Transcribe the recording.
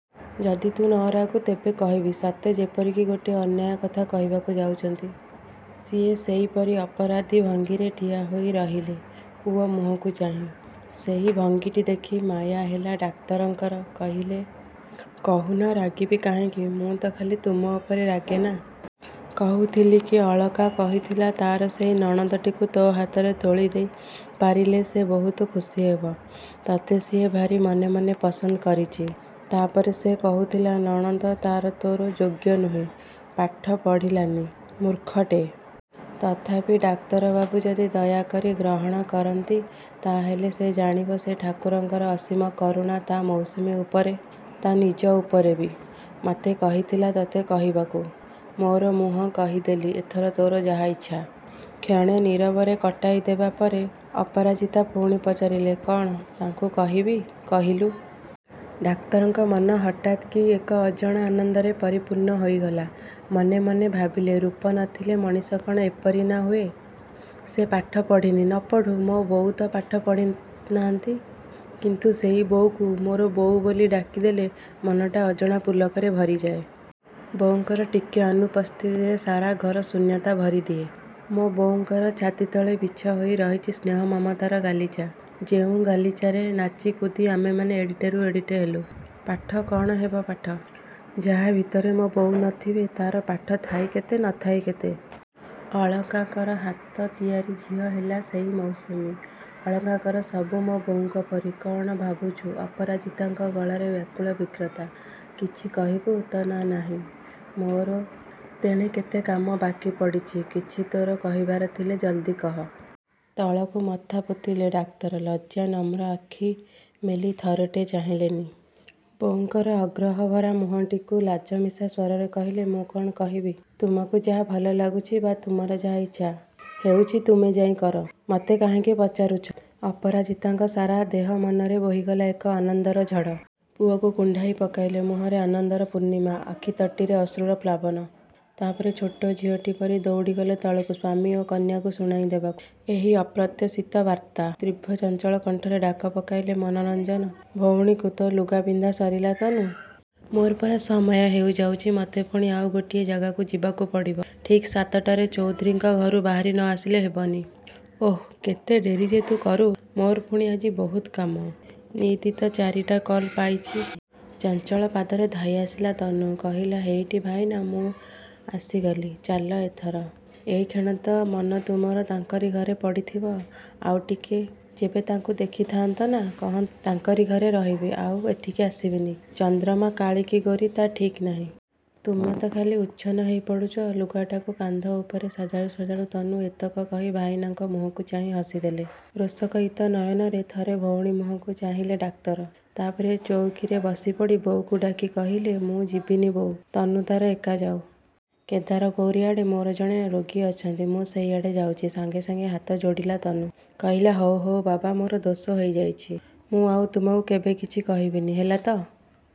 ଯଦି ତୁ ନ ରାଗୁ ତେବେ କହିବି। ସତେଯେପରି କି ଗୋଟାଏ ଅନ୍ୟାୟ କଥା କହିବାକୁ ଯାଉଛନ୍ତି। ସିଏ! ସେହିପରି ଅପରାଧୀ ଭଙ୍ଗୀରେ ଠିଆ ହୋଇ ରହିଲେ ପୁଅ ମୁହଁକୁ ଚାହିଁ। ସେହି ଭଙ୍ଗୀଟି ଦେଖି ମାୟା ହେଲା ଡାକ୍ତରଙ୍କର। କହିଲେ–କହୁନ, ରାଗିବି କାହିଁକି? ମୁଁ ଖାଲି ତୁମ ଉପରେ ରାଗେ ନାଁ? କହୁଥିଲି କି, ଅଳକା କହିଥିଲା ତା'ର ସେଇ ନଣନ୍ଦଟିକୁ ତୋ ହାତରେ ତୋଳି ଦେଇପାରିଲେ ସେ ବହୁତ ଖୁସି ହେବ। ତତେ ସିଏ ଭାରି ମନେ ମନେ ପସନ୍ଦ କରିଛି। ତାପରେ ସେ କହୁଥିଲା ନଣନ୍ଦ ତା'ର ତୋର ଯୋଗ୍ୟ ନୁହେଁ, ପାଠ ପଢ଼ିଲାନି। ମୂର୍ଖଟେ। ତଥାପି ଡାକ୍ତରବାବୁ ଯଦି ଦୟା କରି ଗ୍ରହଣ କରନ୍ତି ତା'ହେଲେ ସେ ଜାଣିବ ଯେ ଠାକୁରଙ୍କର ଅସୀମ କରୁଣା ତା' ମୌସୁମୀ ଉପରେ। ତା' ନିଜ ଉପରେ ବି। ମୋତେ କହିଥିଲା ତତେ କହିବାକୁ। ମୋର ମୁଁହ କହିଦେଲି। ଏଥର ତୋର ଯାହା ଇଚ୍ଛା। କ୍ଷଣେ ନୀରବରେ କଟାଇ ଦେବା ପରେ ଅପରାଜିତା ପୁଣି ପଚାରିଲେ, କ'ଣ ତାଙ୍କୁ କହିବି, କହିଲୁ? ଡାକ୍ତରଙ୍କ ମନ ହଠାତ୍ କି ଏକ ଅଜଣା ଆନନ୍ଦରେ ପରିପୂର୍ଣ୍ଣ ହୋଇଗଲା। ମନେ ମନେ ଭାବିଲେ ରୂପ ନଥିଲେ ମଣିଷର କ'ଣ ଏପରି ନାଁ ହୁଏ! ସେ ପାଠ ପଢ଼ିନି, ନ ପଢ଼ୁ। ମୋ ବୋଉ ତ ପାଠ ପଢ଼ିନାହାନ୍ତି। କିନ୍ତୁ ସେଇ ବୋଉକୁ ମୋର ବୋଉ ବୋଲି ଡାକିଦେଲେ ମନଟା ଅଜଣା ପୁଲକରେ ଭରିଯାଏ। ବୋଉଙ୍କର ଟିକିଏ ଅନୁପସ୍ଥିତି ସାରା ଘରେ ଶୂନ୍ୟତା ଭରିଦିଏ। ମୋ ବୋଉଙ୍କର ଛାତି ତଳେ ବିଛା ହୋଇ ରହିଛି ସ୍ନେହ ମମତାର ଗାଲିଚା, ଯେଉଁ ଗାଲିଚାରେ ନାଚି କୁଦି ଆମେମାନେ ଏଡ଼େଟିରୁ ଏଡ଼େଟିଏ ହେଲୁ। ପାଠ, କ'ଣ ହେବ ପାଠ! ଯାହା ଭିତରେ ମୋ ବୋଉ ନ ଥିବେ ତା'ର ପାଠ ଥାଇ କେତେ, ନ ଥାଇ କେତେ। ଅଳକାଙ୍କ ହାତ ତିଆରି ଝିଅ ହେଲା ସେଇ ମୌସୁମୀ। ଅଳକାଙ୍କର ସବୁ ମୋ ବୋଉଙ୍କ ପରି। କ'ଣ ଭାବୁଛୁ? ଅପରାଜିତାଙ୍କ ଗଳାରେ ବ୍ୟାକୁଳ ବ୍ୟଗ୍ରତା। କିଛି କହିବୁ ତ, ନା ନାହିଁ? ମୋର ତେଣେ କେତେ କାମ ବାକି ପଡ଼ିଛି। କିଛି ତୋର କହିବାର ଥିଲେ ଜଲ୍ଦି କହ। ତଳକୁ ମଥା ପୋତିଲେ ଡାକ୍ତର। ଲଜ୍ଜାନମ୍ର ଆଖି ମେଲି ଥରଟିଏ ଚାହିଁନେଲେ ବୋଉଙ୍କର ଆଗ୍ରହଭରା ମୁହଁଟିକୁ। ଲାଜମିଶା ସ୍ୱରରେ କହିଲେ ମୁଁ କ'ଣ କହିବି। ତୁମକୁ ଯାହା ଭଲଲାଗୁଛି ବା ତୁମର ଯାହା ଇଚ୍ଛା ହେଉଛି ତୁମେ ଯାଇ କର। ମତେ କାହିଁକି ପଚାରୁଛ? ଅପରାଜିତାଙ୍କ ସାରା ଦେହ ମନରେ ବୋହିଗଲା ଏକ ଆନନ୍ଦର ଝଡ଼। ପୁଅକୁ କୁଣ୍ଢାଇ ପକାଇଲେ। ମୁହଁରେ ଆନନ୍ଦର ପୂର୍ଣ୍ଣିମା। ଆଖିତଟରେ ଅଶ୍ରୁର ପ୍ଲାବନ। ତା'ପରେ, ଛୋଟ ଝିଅଟିପରି ଦଉଡ଼ିଗଲେ ତଳକୁ ସ୍ୱାମୀ ଓ କନ୍ୟାଙ୍କୁ ଶୁଣାଇ ଦେବାକୁ ଏହି ଅପ୍ରତ୍ୟାଶିତ ବାର୍ତ୍ତା! ତୀବ୍ର ଚଞ୍ଚଳ କଣ୍ଠରେ ଡାକ ପକାଇଲେ ମନୋରଞ୍ଜନ ଭଉଣୀକୁ। ତୋ ଲୁଗା ପିନ୍ଧା ସରିଲା ତନୁ। ମୋର ପରା ସମୟ ହୋଇଯାଉଛି। ମୋତେ ପୁଣି ଆଉ ଗୋଟିଏ ଜାଗାକୁ ଯିବାକୁ ପଡ଼ିବ। ଠିକ୍ ସାତଟାରେ ଚୌଧୁରୀଙ୍କ ଘରୁ ବାହାରି ନ ଆସିଲେ ହେବନି। ଓହୋଃ, କେତେ ଡେରି ଯେ ତୁ କରୁ। ମୋର ପୁଣି ଆଜି ବହୁତ କାମ। ନୀତିତ, ଚାରିଟା କଲ୍ ପାଇଛି। ଚଞ୍ଚଳ ପାଦରେ ଧାଇଁଆସିଲା ତନୁ। କହିଲା–ହେଇଟି ଭାଇନା, ମୁଁ ଆସିଗଲି। ଚାଲ ଏଥର। ଏଇକ୍ଷଣି ତ ମନ ତୁମର ତାଙ୍କରି ଘରେ ପଡ଼ିଥିବ। ଆଉଟିକେ ଯେବେ ତାଙ୍କୁ ଦେଖିଥାଆନ୍ତ ନା, କହନ୍ତ ତାଙ୍କରି ଘରେ ରହିବି। ଆଉ ଏଠିକି ଆସିବିନି। ଚନ୍ଦ୍ରମା କାଳୀ କି ଗୋରୀ ତା'ର ଠିକ୍ ନାହିଁ। ତୁମେ ଖାଲି ଉଚ୍ଛନ୍ନ ହୋଇପଡ଼ୁଛ। ଲୁଗାଟାକୁ କାନ୍ଧ ଉପରେ ସଜାଡ଼ୁ, ସଜାଡ଼ୁ ତନୁ ଏତକ କହି ଭାଇନାଙ୍କ ମୁହଁକୁ ଚାହିଁ ହସିଦେଲା। ରୋଷକୟିତ ନୟନରେ ଥରେ ଭଉଣୀ ମୁହଁକୁ ଚାହିଁଲେ ଡାକ୍ତର। ତାପରେ ଚୌକିରେ ବସିପଡ଼ି ବୋଉକୁ ଡାକି କହିଲେ ମୁଁ ଯିବିନି ବୋଉ। ତନୁ ତା'ର ଏକା ଯାଉ। କେଦାରଗୌରୀଆଡ଼େ ମୋର ଜଣେ ରୋଗୀ ଅଛନ୍ତି, ମୁଁ ସେଇଆଡ଼େ ଯାଉଛି। ସାଙ୍ଗେ ସାଙ୍ଗେ ହାତ ଯୋଡ଼ିଲା ତନୁ। କହିଲା–ହଉ ହଉ ବାବା, ମୋର ଦୋଷ ହୋଇଯାଇଛି। ମୁଁ ଆଉ ତୁମକୁ କେବେ କିଛି କହିବିନି ହେଲାତି?